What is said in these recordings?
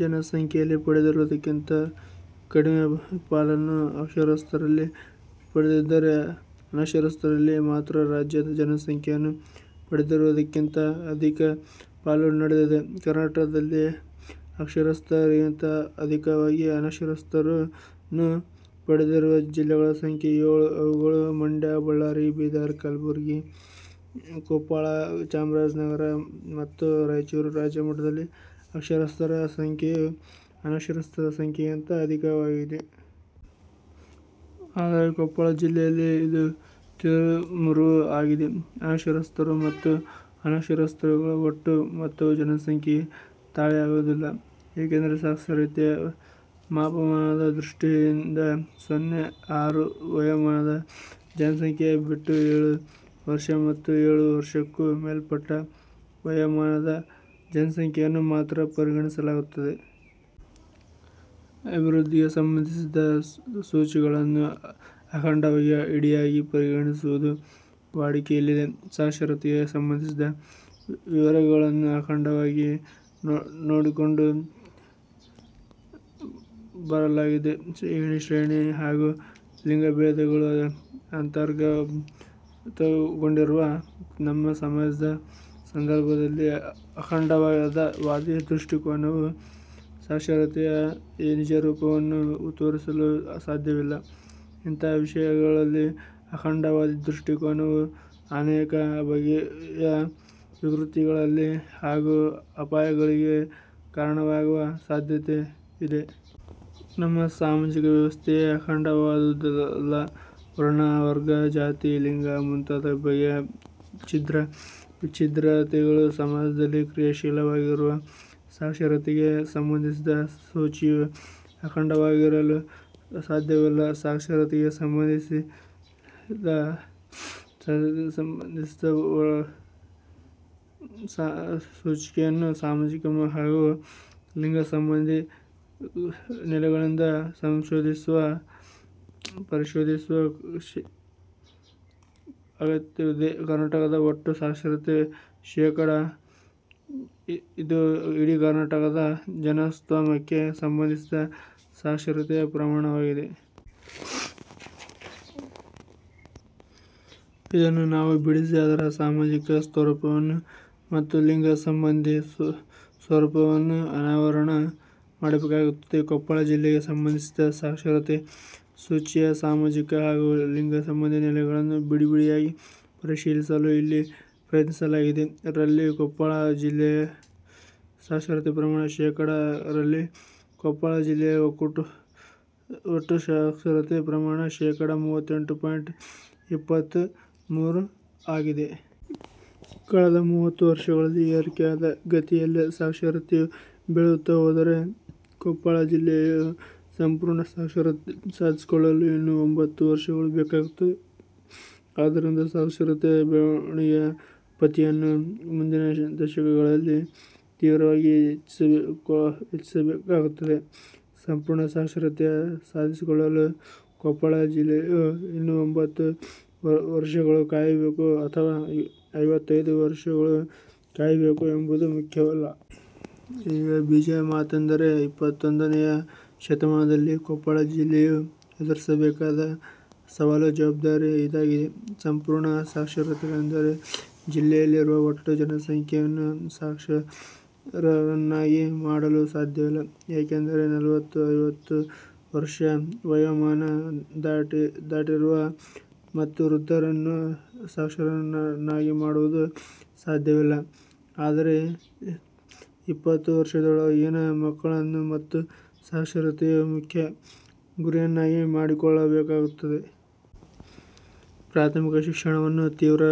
ಜನ ಸಂಖ್ಯೆಯಲ್ಲಿ ಪಡೆದಿರುವುದಕ್ಕಿಂತ ಕಡಿಮೆ ಪಾಲನ್ನು ಅಕ್ಷರಸ್ಥರಲ್ಲಿ ಪಡೆದಿದ್ದರೆ ಅನಕ್ಷರಸ್ಥರಲ್ಲಿ ಮಾತ್ರ ರಾಜ್ಯದ ಜನಸಂಖ್ಯೆಯನ್ನು ಪಡೆದಿರುವುದಕ್ಕಿಂತ ಅಧಿಕ ಪಾಲು ಪಡೆದಿದೆ. ಕರ್ನಾಟಕದಲ್ಲಿ ಅಕ್ಷರಸ್ಥರಿಗಿಂತ ಅಧಿಕವಾಗಿ ಅನಕ್ಷರಸ್ಥರನ್ನು ಪಡೆದಿರುವ ಜಿಲ್ಲೆಗಳ ಸಂಖ್ಯೆ ಏಳು. ಅವುಗಳು ಮಂಡ್ಯ, ಬಳ್ಳಾರಿ, ಬೀದರ, ಗುಲಬರ್ಗ, ಕೊಪ್ಪಳ, ಚಾಮರಾಜನಗರ ಮತ್ತು ರಾಯಚೂರು. ರಾಜ್ಯಮಟ್ಟದಲ್ಲಿ ಅಕ್ಷರಸ್ಥರ ಸಂಖ್ಯೆಯು ಅನಕ್ಷರಸ್ಥರ ಸಂಖ್ಯೆಗಿಂತ ಅಧಿಕವಾಗಿದೆ. ಆದರೆ ಕೊಪ್ಪಳ ಜಿಲ್ಲೆಯಲ್ಲಿ ಇದು ತಿರುವು ಮುರುವು ಆಗಿದೆ. ಅಕ್ಷರಸ್ಥರು ಮತ್ತು ಅನಕ್ಷರಸ್ಥರುಗಳ ಒಟ್ಟು ಮೊತ್ತವು ಜನಸಂಖ್ಯೆಗೆ ತಾಳೆಯಾಗುವುದಿಲ್ಲ. ಏಕೆಂದರೆ ಸಾಕ್ಷರತೆಯ ಮಾಪನದ ದೃಷ್ಟಿಯಿಂದ ಸೊನ್ನೆ – ಆರು ವಯೋಮಾನದ ಜನಸಂಖ್ಯೆಯ ಬಿಟ್ಟು ಎಳು ವರ್ಷ ಮತ್ತುಎಳು ವರ್ಷಕ್ಕೂ ಮೇಲ್ಪಟ್ಟ ವಯೋಮಾನದ ಜನಸಂಖ್ಯೆಯನ್ನು ಮಾತ್ರ ಪರಿಗಣಿಸಲಾಗುತ್ತದೆ. ಅಭಿವೃದ್ಧಿಗೆ ಸಂಬಂಧಿಸಿದ ಸೂಚಿಗಳನ್ನು ಅಖಂಡವಾಗಿ ಇಡಿಯಾಗಿ ಪರಿಭಾವಿಸುವುದು ವಾಡಿಕೆಯಲ್ಲಿದೆ. ಸಾಕ್ಷರತೆಗೆ ಸಂಬಂಧಿಸಿದ ವಿವರಗಳನ್ನು 'ಅಖಂಡ'ವಾಗಿ ನೋಡಿಕೊಂಡು ಬರಲಾಗಿದೆ. ಏಣಿ ಶ್ರೇಣಿ ಹಾಗೂ ಲಿಂಗಭೇದಗಳು ಅಂತರ್ಗತಗೊಂಡಿರುವ ನಮ್ಮ ಸಮಾಜದ ಸಂದರ್ಭದಲ್ಲಿ ಅಖಂಡವಾದಿ ದೃಷ್ಟಿಕೋನವು ಸಾಕ್ಷರತೆಯ ನಿಜರೂಪವನ್ನು ತೋರಿಸಲು ಸಾಧ್ಯವಿಲ್ಲ. ಇಂತಹ ವಿಷಯಗಳಲ್ಲಿ ಅಖಂಡವಾದಿ ದೃಷ್ಟಿಕೋನವು ಅನೇಕ ಬಗೆಯ ವಿಕೃತಿಗಳಿಗೆ ಹಾಗೂ ಅಪಾಯಗಳಿಗೆ ಕಾರಣವಾಗುವ ಸಾಧ್ಯತೆ ಇದೆ. ನಮ್ಮ ಸಾಮಾಜಿಕ ವ್ಯವಸ್ಥೆಯೇ ಅಖಂಡವಾದುದಲ್ಲ. ವರ್ಣ, ವರ್ಗ, ಜಾತಿ – ಲಿಂಗ ಮುಂತಾದ ಬಗೆಯ ಛಿದ್ರ ವಿಚ್ಛಿದ್ರತೆಗಳು ಸಮಾಜದಲ್ಲಿ ಕ್ರಿಯಾಶೀಲವಾಗಿರುವ ಸಾಕ್ಷರತೆಗೆ ಸಂಬಂಧಿಸಿದ ಸೂಚಿಯು ಅಖಂಡವಾಗಿರಲು ಸಾಧ್ಯವಿಲ್ಲ. ಸಾಕ್ಷರತೆಗೆ ಸಂಬಂಧಿಸಿದ ಸೂಚಿಯನ್ನು ಸಾಮಾಜಿಕ ಹಾಗೂ ಲಿಂಗ ಸಂಬಂಧಿ ನೆಲೆಗಳಿಂದ ಪರಿಶೋಧಿಸುವ ಅಗತ್ಯವಿದೆ. ಕರ್ನಾಟಕದ ಒಟ್ಟು ಸಾಕ್ಷರತೆ ಶೇಕಡಾ ಇದು ಇಡೀ ಕರ್ನಾಟಕದ ಜನಸ್ತೋಮಕ್ಕೆ ಸಂಬಂಧಿಸಿದ ಸಾಕ್ಷರತೆಯ ಪ್ರಮಾಣವಾಗಿದೆ. ಇದನ್ನು ನಾವು ಬಿಡಿಸಿ ಅದರ ಸಾಮಾಜಿಕ ಸ್ವರೂಪವನ್ನು ಮತ್ತು ಲಿಂಗಸಂಬಂಧಿ ಸ್ವರೂಪವನ್ನು ಅನಾವರಣ ಮಾಡಬೇಕಾಗುತ್ತದೆ. ಕೊಪ್ಪಳ ಜಿಲ್ಲೆಗೆ ಸಂಬಂಧಿಸಿದ ಸಾಕ್ಷರತೆ ಸೂಚಿಯ ಸಾಮಾಜಿಕ ಹಾಗೂ ಲಿಂಗಸಂಬಂಧಿ ನೆಲೆಗಳನ್ನು ಬಿಡಿಬಿಡಿಯಾಗಿ ಪರಿಶೀಲಿಸಲು ಇಲ್ಲಿ ಪ್ರಯತ್ನಿಸಲಾಗಿದೆ. ರಲ್ಲಿ ಕೊಪ್ಪಳ ಜಿಲ್ಲೆಯ ಸಾಕ್ಷರತೆ ಪ್ರಮಾಣ ಶೇಕಡಾ ರಲ್ಲಿ ಕೊಪ್ಪಳ ಜಿಲ್ಲೆಯ ಒಟ್ಟು ಸಾಕ್ಷರತೆ ಪ್ರಮಾಣ ಶೇಕಡಾ ಮೂವತ್ತೆಂಟು ಪಾಯಿಂಟ್ ಇಪ್ಪತ್ತ ಮೂರು ಆಗಿದೆ. ಕಳೆದ ಮೂವತ್ತು ವರ್ಷಗಳಲ್ಲಿ ಏರಿಕೆಯಾದ ಗತಿಯಲ್ಲೇ ಸಾಕ್ಷರತೆಯು ಬೆಳೆಯುತ್ತಾ ಹೋದರೆ ಕೊಪ್ಪಳ ಜಿಲ್ಲೆಯು ಸಂಪೂರ್ಣ ಸಾಕ್ಷರತೆ ಸಾಧಿಸಿಕೊಳ್ಳಲು ಇನ್ನು ತೊಂಭತ್ತು ವರ್ಷಗಳು ಬೇಕಾಗುತ್ತವೆ. ಆದ್ದರಿಂದ ಸಾಕ್ಷರತೆಯ ಬೆಳವಣಿಗೆ ಗತಿಯನ್ನು ಮುಂದಿನ ದಶಕಗಳಲ್ಲಿ ತೀವ್ರವಾಗಿ ಹೆಚ್ಚಿಸಬೇಕಾಗುತ್ತದೆ. ಸಂಪೂರ್ಣ ಸಾಕ್ಷರತೆ ಸಾಧಿಸಿಕೊಳ್ಳಲು ಕೊಪ್ಪಳ ಜಿಲ್ಲೆಯು ಇನ್ನು ತೊಂಭತ್ತು ವರ್ಷಗಳು ಕಾಯಬೇಕೊ ಅಥವಾ ಐವತ್ತೈದು ವರ್ಷಗಳು ಕಾಯಬೇಕೊ ಎಂಬುದು ಮುಖ್ಯವಲ್ಲ. ಈಗ ಬೀಜ ಮಾತೆಂದರೆ ಇಪ್ಪತ್ತೊಂದನೆಯ ಶತಮಾನದಲ್ಲಿ ಕೊಪ್ಪಳ ಜಿಲ್ಲೆಯು ಎದುರಿಸಬೇಕಾದ ಸವಾಲು ಜವಾಬ್ದಾರಿ ಇದಾಗಿದೆ. ಸಂಪೂರ್ಣ ಸಾಕ್ಷರತೆಯೆಂದರೆ ಜಿಲ್ಲೆಯಲ್ಲಿರುವ ಒಟ್ಟು ಜನಸಂಖ್ಯೆಯನ್ನು ಸಾಕ್ಷರರನ್ನಾಗಿ ಮಾಡಲು ಸಾಧ್ಯವಿಲ್ಲ. ಏಕೆಂದರೆ ನಲವತ್ತು – ಐವತ್ತು ವರ್ಷ ವಯೋಮಾನ ದಾಟಿರುವ ಮತ್ತು ವೃದ್ಧರನ್ನು ಸಾಕ್ಷರರನ್ನಾಗಿ ಮಾಡುವುದು ಸಾಧ್ಯವಿಲ್ಲ. ಆದರೆ ಇಪ್ಪತ್ತು ವರ್ಷಗಳೊಳಗಿನ ಮಕ್ಕಳನ್ನು ಮಾತ್ರ ಸಾಕ್ಷರತೆಯು ಮುಖ್ಯ ಗುರಿಯನ್ನಾಗಿ ಮಾಡಿಕೊಳ್ಳಬೇಕಾಗುತ್ತದೆ. ಪ್ರಾಥಮಿಕ ಶಿಕ್ಷಣವನ್ನು ತೀವ್ರ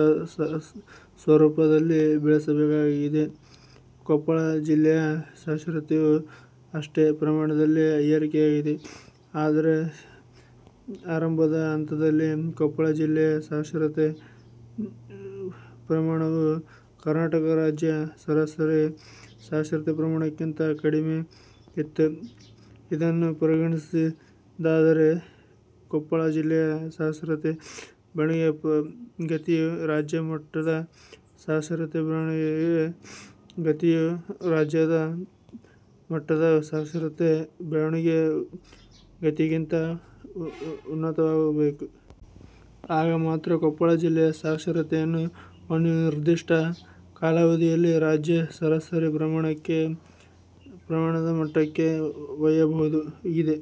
ಸ್ವರೂಪದಲ್ಲಿ ಬೆಳೆಸಬೇಕಾಗಿದೆ. ಕೊಪ್ಪಳ ಜಿಲ್ಲೆಯ ಸಾಕ್ಷರತೆಯೂ ಅಷ್ಟೆ ಪ್ರಮಾಣದಲ್ಲಿ ಏರಿಕೆಯಾಗಿದೆ. ಆದರೆ ಆರಂಭದ ಹಂತದಲ್ಲಿ ಕೊಪ್ಪಳ ಜಿಲ್ಲೆಯ ಸಾಕ್ಷರತೆ ಪ್ರಮಾಣವು ಕರ್ನಾಟಕ ರಾಜ್ಯ ಸರಾಸರಿ ಸಾಕ್ಷರತೆ ಪ್ರಮಾಣಕ್ಕಿಂತ ಕಡಿಮೆ ಇತ್ತು. ಇದನ್ನು ಪರಿಗಣಿಸಿದ್ದಾದರೆ ಕೊಪ್ಪಳ ಜಿಲ್ಲೆಯ ಸಾಕ್ಷರತೆ ಬೆಳವಣಿಗೆ ಗತಿಯು ರಾಜ್ಯ ಮಟ್ಟದ ಸಾಕ್ಷರತೆ ಬೆಳವಣಿಗೆ ಗತಿಯು ರಾಜ್ಯ ಮಟ್ಟದ ಸಾಕ್ಷರತೆ ಬೆಳವಣಿಗೆ ಗತಿಗಿಂತ ಉನ್ನತವಾಗಬೇಕು. ಆಗ ಮಾತ್ರ ಕೊಪ್ಪಳ ಜಿಲ್ಲೆಯ ಸಾಕ್ಷರತೆಯನ್ನು ಒಂದು ನಿರ್ದಿಷ್ಟ ಕಾಲಾವಧಿಯಲ್ಲಿ ರಾಜ್ಯ ಸರಾಸರಿ ಪ್ರಮಾಣದ ಮಟ್ಟಕ್ಕೆ ಒಯ್ಯಬಹುದಾಗಿದೆ.